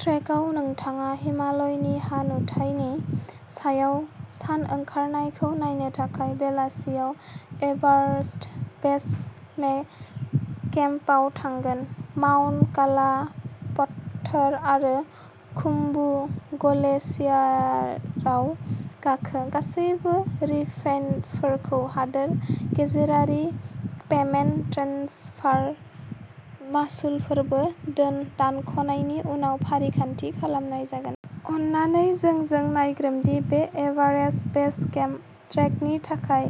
ट्रेकआव, नोंथाङा हिमालयनि हा-नुथायनि सायाव सान ओंखारनायखौ नायनो थाखाय बेलासियाव एभारेस्ट बेस मे केम्पआव थांगोन। माउन्ट काला पथ्थार आरो खुम्बु गलेशियारआव गाखो। गासैबो रिफन्डफोरखौ हादोर गेजेरारि पेमेन्ट ट्रेन्सफार मासुलफोरखौ दानख'नायनि उनाव फारिखान्थि खालामनाय जागोन। अन्नानै जोंजों नायग्रोम दि बे एभारेस्ट बेस केम्प ट्रेकनि थाखाय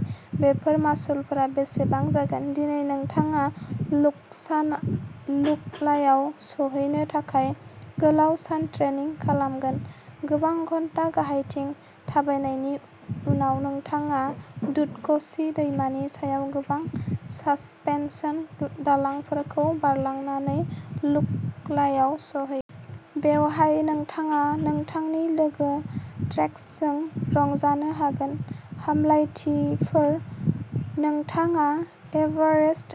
बेफोर मासुलफोरा बेसेबां जागोन। दिनै नोंथाङा लुकलायाव सौहैनो थाखाय गोलाव सान ट्रेकिं खालामगोन। गोबां घन्टा गाहायथिं थाबायनायनि उनाव, नोंथाङा दुधक'शि दैमानि सायाव गोबां सासपेनसन दालांफोरखौ बारनानै लुकलायाव सौहै। बेवहाय, नोंथाङा नोंथांनि लोगो ट्रेकर्सजों रंजानो हागोन। हामलायथिफोर! नोंथाङा एभारेस्ट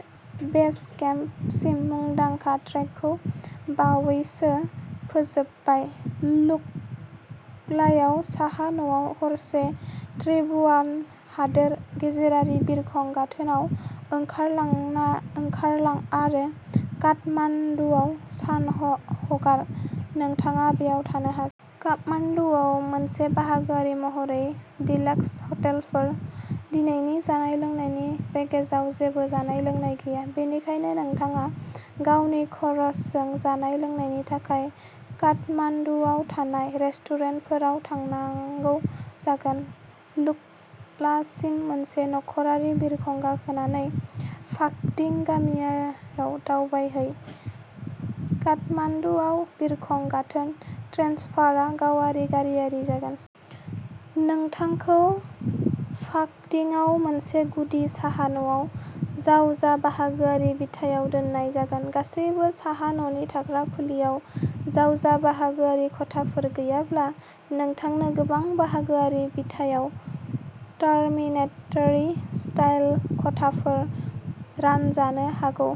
बेस केम्पसिम मुंदांखा ट्रेकखौ बावैसो फोजोबबाय। लुकलायाव साहा-न'आव हरसे। त्रिभुवन हादोर गेजेरारि बिरखं गाथोनाव ओंखारलांना ओंखारलां आरो काठमाण्डूआव सान ह हगार। नोंथाङा बेयाव थानो हागोन। काठमाण्डुआव मोनसे-बाहागोआरि महरै डीलक्स हटेलफोर। दिनैनि जानाय-लोंनायनि पेकेजआव जेबो जानाय-लोंनाय गैया, बेनिखायनो नोंथाङा गावनि खरसजों जानाय-लोंनायनि थाखाय काठमाण्डुआव थानाय रेस्टुरेन्टफोराव थांनांगौ जागोन। लुक्लासिम मोनसे नखरारि बिरखं गाखोनानै फाखदिं गामियाव दावबायहै। काठमाण्डुआव बिरखं गाथोन ट्रेन्सफारआ गावारि गारिआव जागोन। नोंथांखौ फाक्दिंआव मोनसे गुदि साहा-न'आव जावजा-बाहागोआरि बिथायाव दोननाय जागोन। गासैबो साहा-न'नि थाग्रा खुलियाव, जावजा-बाहागोआरि खथाफोर गैयाब्ला, नोंथांनो गोबां-बाहागोआरि बिथायाव डार्मिनेटरि-स्टाइल खथाफोर रानजानो हागौ।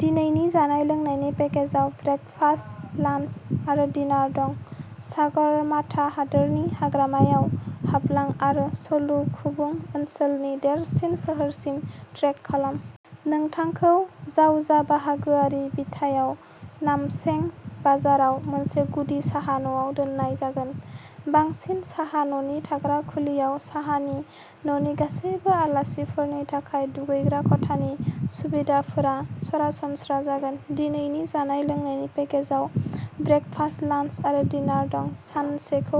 दिनैनि जानाय-लोंनायनि पेकेजाव ब्रेकफास्ट, लान्स आरो डिनर दं। सागरमाथा हादोरारि हाग्रामायाव हाबलां आरो सलुखुंबु ओनसोलनि देरसिन सोहोरसिम ट्रेक खालाम। नोंथांखौ जावजा-बाहागोआरि बिथायाव नामचें बाजाराव मोनसे गुदि साहा-न'आव दोननाय जागोन। बांसिन साहा-न'नि थाग्रा खुलियाव, साहा-न'नि गासिबो आलासिफोरनि थाखाय दुगैग्रा खथानि सुबिदाफोरा सरासनस्रा जागोन। दिनैनि जानाय-लोंनायनि पेकेजाव ब्रेकफास्ट, लान्स आरो डिनर दं। सानसेखौ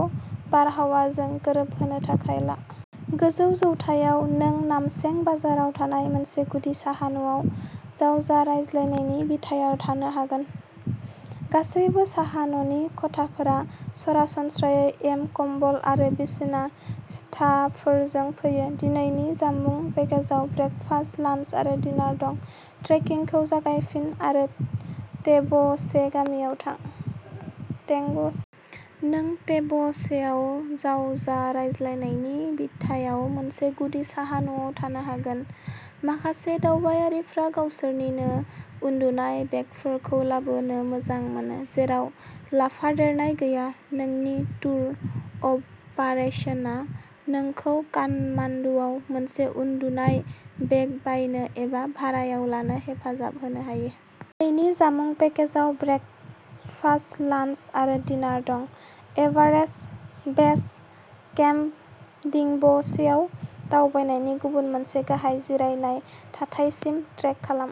बारहावाजों गोरोबहोनो थाखाय ला। गोजौ जौथायाव। नों नामचें बाजाराव थानाय मोनसे गुदि साहा-न'आव जावजा-रानलायनायनि बिथायाव थानो हागोन। गासैबो साहा-न'नि खथाफोरा सरासनस्रायै एम, कम्बल आरो बिसना-सिथाफोरजों फैयो। दिनैनि जामुं पेकेजआव ब्रेकफास्ट, लान्स आरो डिनर दं। ट्रेकिंखौ जागायफिन आरो टेंब'चे गामियाव थां। नों टेंब'चेआव जावजा-रानलायनायनि बिथायाव मोनसे गुदि साहा-न'आव थानो हागोन। माखासे दावबायारिफ्रा गावसोरनिनो उनदुनाय बेगफोरखौ लाबोनो मोजां मोनो। जेराव लाफादेरनाय गैया, नोंनि टुर अपारेटरआ नोंखौ काठमान्डूआव मोनसे उनदुनाय बेग बायनो एबा भारायाव लानो हेफाजाब होनो हायो। दिनैनि जामुं पेकेजाव ब्रेकफास्ट, लान्स आरो डिनर दं। एभारेस्ट बेस केम्प, डिंब'चेआव दावबायनायनि गुबुन मोनसे, गाहाय जिरायनाय थाथानिसिम ट्रेक खालाम।